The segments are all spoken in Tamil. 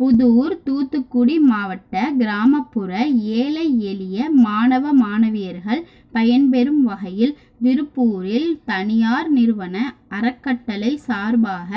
புதூர், தூத்துக்குடி மாவட்ட கிராமப் புற ஏழை எளிய மாணவ, மாணவியர்கள் பயன்பெறும் வகையில் திருப்பூரில் தனியார் நிறுவன அறக்கட்டளை சார்பாக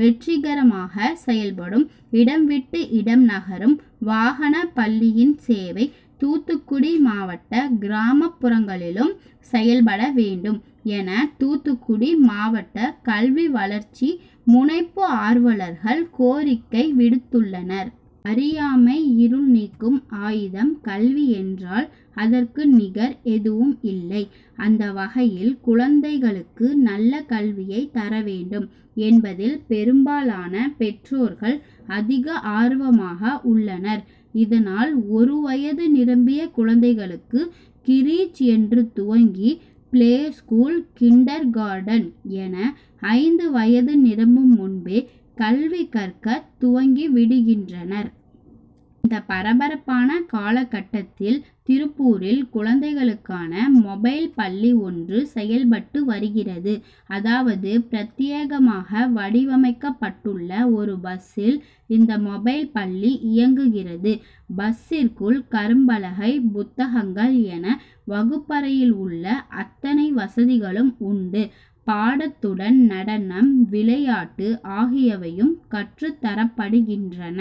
வெற்றிகரமாக செயல்படும் இடம் விட்டு இடம் நகரும் வாகனப்பள்ளியின் சேவை தூத்துக்குடி மாவட்ட கிராமப்புறங்களிலும் செயல்பட வேண்டும் என தூத்துக்குடி மாவட்ட கல்வி வளர்ச்சி முனைப்பு ஆர்வலர்கள் கோரிக்கை விடுத்துள்ளனர். அறியாமை இருள் நீக்கும் ஆயுதம் கல்வி என்றால் அதற்கு நிகர் எதுவும் இல்லை. அந்த வகையில் குழந்தைகளுக்கு நல்ல கல்வியை தர வேண்டும் என்பதில் பெரும்பாலான பெற்றோர்கள் அதிக ஆர்வமாக உள்ளனர். இதனால் ஒரு வயது நிரம்பிய குழந்தைகளுக்கு கிரீச் என்று துவங்கி பிளே ஸ்கூல் கின்டர் கார்டன் என ஐந்து வயது நிரம்பும் முன்பே கல்வி கற்க துவங்கி விடுகின்றனர். இந்த பரபரப்பான காலகட்டத்தில் திருப்பூரில், குழந்தைகளுக்கான மொபைல் பள்ளி ஒன்று செயல்பட்டு வருகிறது. அதாவது பிரத்யேகமாக வடிவமைக்கப்பட்டுள்ள ஒரு பஸ்சில் இந்த மொபைல் பள்ளி இயங்குகிறது. பஸ்சிற்குள் கரும்பலகை, புத்தகங்கள் என வகுப்பறையில் உள்ள அத்தனை வசதிகளும் உண்டு. பாடத்துடன் நடனம், விளையாட்டு ஆகியவையும் கற்றுத் தரப்படுகின்றன.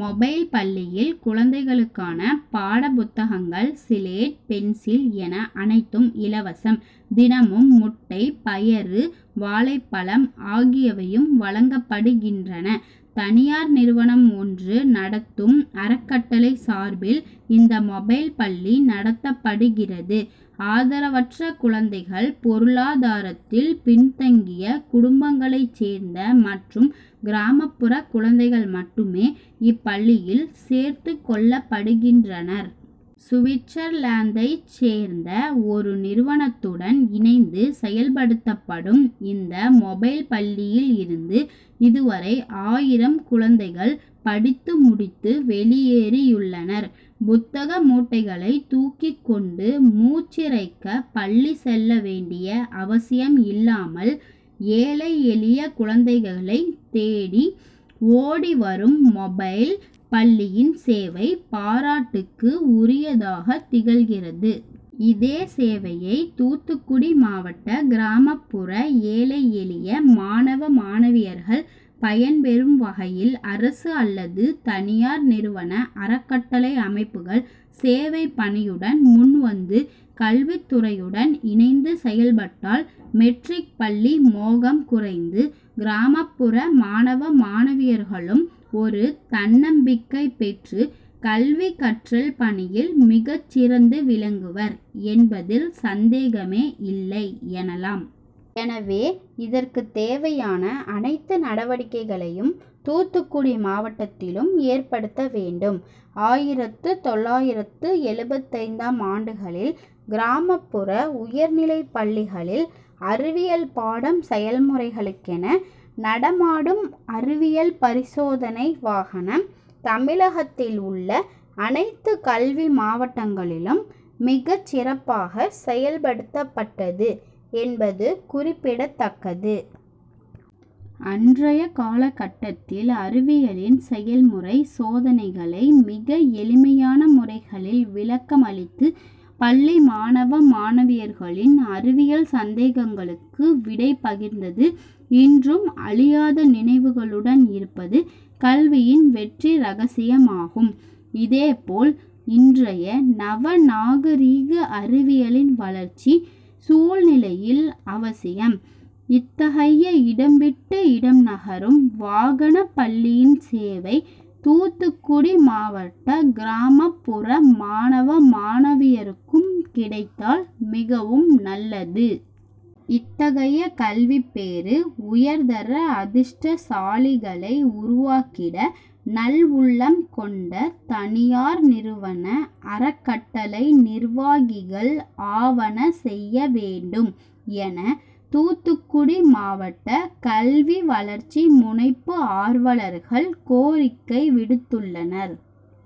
மொபைல் பள்ளியில் குழந்தைகளுக்கான பாடப்புத்தகங்கள், சிலேட், பென்சில் என அனைத்தும் இலவசம். தினமும் முட்டை, பயறு, வாழைப்பழம் ஆகியவையும் வழங்கப்படுகின்றன. தனியார் நிறுவனம் ஒன்று நடத்தும் அறக்கட்டளை சார்பில் இந்த மொபைல் பள்ளி நடத்தப்படுகிறது. ஆதரவற்ற குழந்தைகள் பொருளாதாரத்தில் பின்தங்கிய குடும்பங்களைச் சேர்ந்த மற்றும் கிராமப்புற குழந்தைகள் மட்டுமே இப்பள்ளியில் சேர்த்துக் கொள்ளப்படுகின்றனர். சுவிட்சர்லாந்தைச் சேர்ந்த ஒரு நிறுவனத்துடன் இணைந்து செயல்படுத்தப்படும் இந்த மொபைல் பள்ளியில் இருந்து இதுவரை ஆயிரம் குழந்தைகள் படித்து முடித்து வெளியேறியுள்ளனர். புத்தக மூட்டைகளை தூக்கிக் கொண்டு மூச்சிறைக்க பள்ளி செல்ல வேண்டிய அவசியம் இல்லாமல் ஏழை, எளிய குழந்தைகளைத் தேடி ஓடி வரும் மொபைல் பள்ளியின் சேவை பாராட்டுக்கு உரியதாக திகழ்கிறது. இதே சேவையை தூத்துக்குடி மாவட்ட கிராமப் புற ஏழை எளிய மாணவ, மாணவியர்கள் பயன் பெறும் வகையில் அரசு அல்லது தனியார் நிறுவன அறக்கட்டளை அமைப்புகள் சேவைப் பணியுடன் முன் வந்து கல்வித்துறையுடன் இணைந்து செயல்பட்டால் மெட்ரிக் பள்ளி மோகம் குறைந்து கிராமப்புற மாணவ, மாணவியர்களும் ஒரு தன்னம்பிக்கை பெற்று கல்வி கற்றல் பணியில் மிகச் சிறந்து விளங்குவர் என்பதில் சந்தேகமே இல்லை எனலாம். எனவே இதற்கு தேவையான அனைத்து நடவடிக்கைகளையும் தூத்துக்குடி மாவட்டத்திலும் ஏற்படுத்த வேண்டும். ஆயிரத்து தொள்ளாயிரத்து எழுபத்தைந்தாம் ஆண்டுகளில் கிராமப்புற உயர்நிலைப் பள்ளிகளில் அறிவியல் பாடம் செயல்முறைகளுக்கென நடமாடும் அறிவியல் பரிசோதனை வாகனம் தமிழகத்தில் உள்ள அனைத்து கல்வி மாவட்டங்களிலும் மிகச் சிறப்பாக செயல்படுத்தப்பட்டது என்பது குறிப்பிடத்தக்கது. அன்றைய காலகட்டத்தில் அறிவியலின் செயல்முறை சோதனைகளை மிக எளிமையான முறைகளில் விளக்கம் அளித்து பள்ளி மாணவ, மாணவியர்களின் அறிவியல் சந்தேகங்களுக்கு விடை பகிர்ந்தது இன்றும் அழியாத நினைவுகளுடன் இருப்பது கல்வியின் வெற்றி ரகசியமாகும். இதே போல் இன்றைய நவ நாகரீக அறிவியலின் வளர்ச்சி சூழ்நிலையில் அவசியம் இத்தகைய இடம் விட்டு இடம் நகரும் வாகனப் பள்ளியின் சேவை தூத்துக்குடி மாவட்ட கிராமப்புற மாணவ, மாணவியருக்கும் கிடைத்தால் மிகவும் நல்லது. இத்தகைய கல்விப் பேறு உயர்தர அதிர்ஷ்டசாலிகளை உருவாக்கிட நல்உள்ளம் கொண்ட தனியார் நிறுவன அறக்கட்டளை நிர்வாகிகள் ஆவன செய்ய வேண்டும் என தூத்துக்குடி மாவட்ட கல்வி வளர்ச்சி முனைப்பு ஆர்வலர்கள் கோரிக்கை விடுத்துள்ளனர்.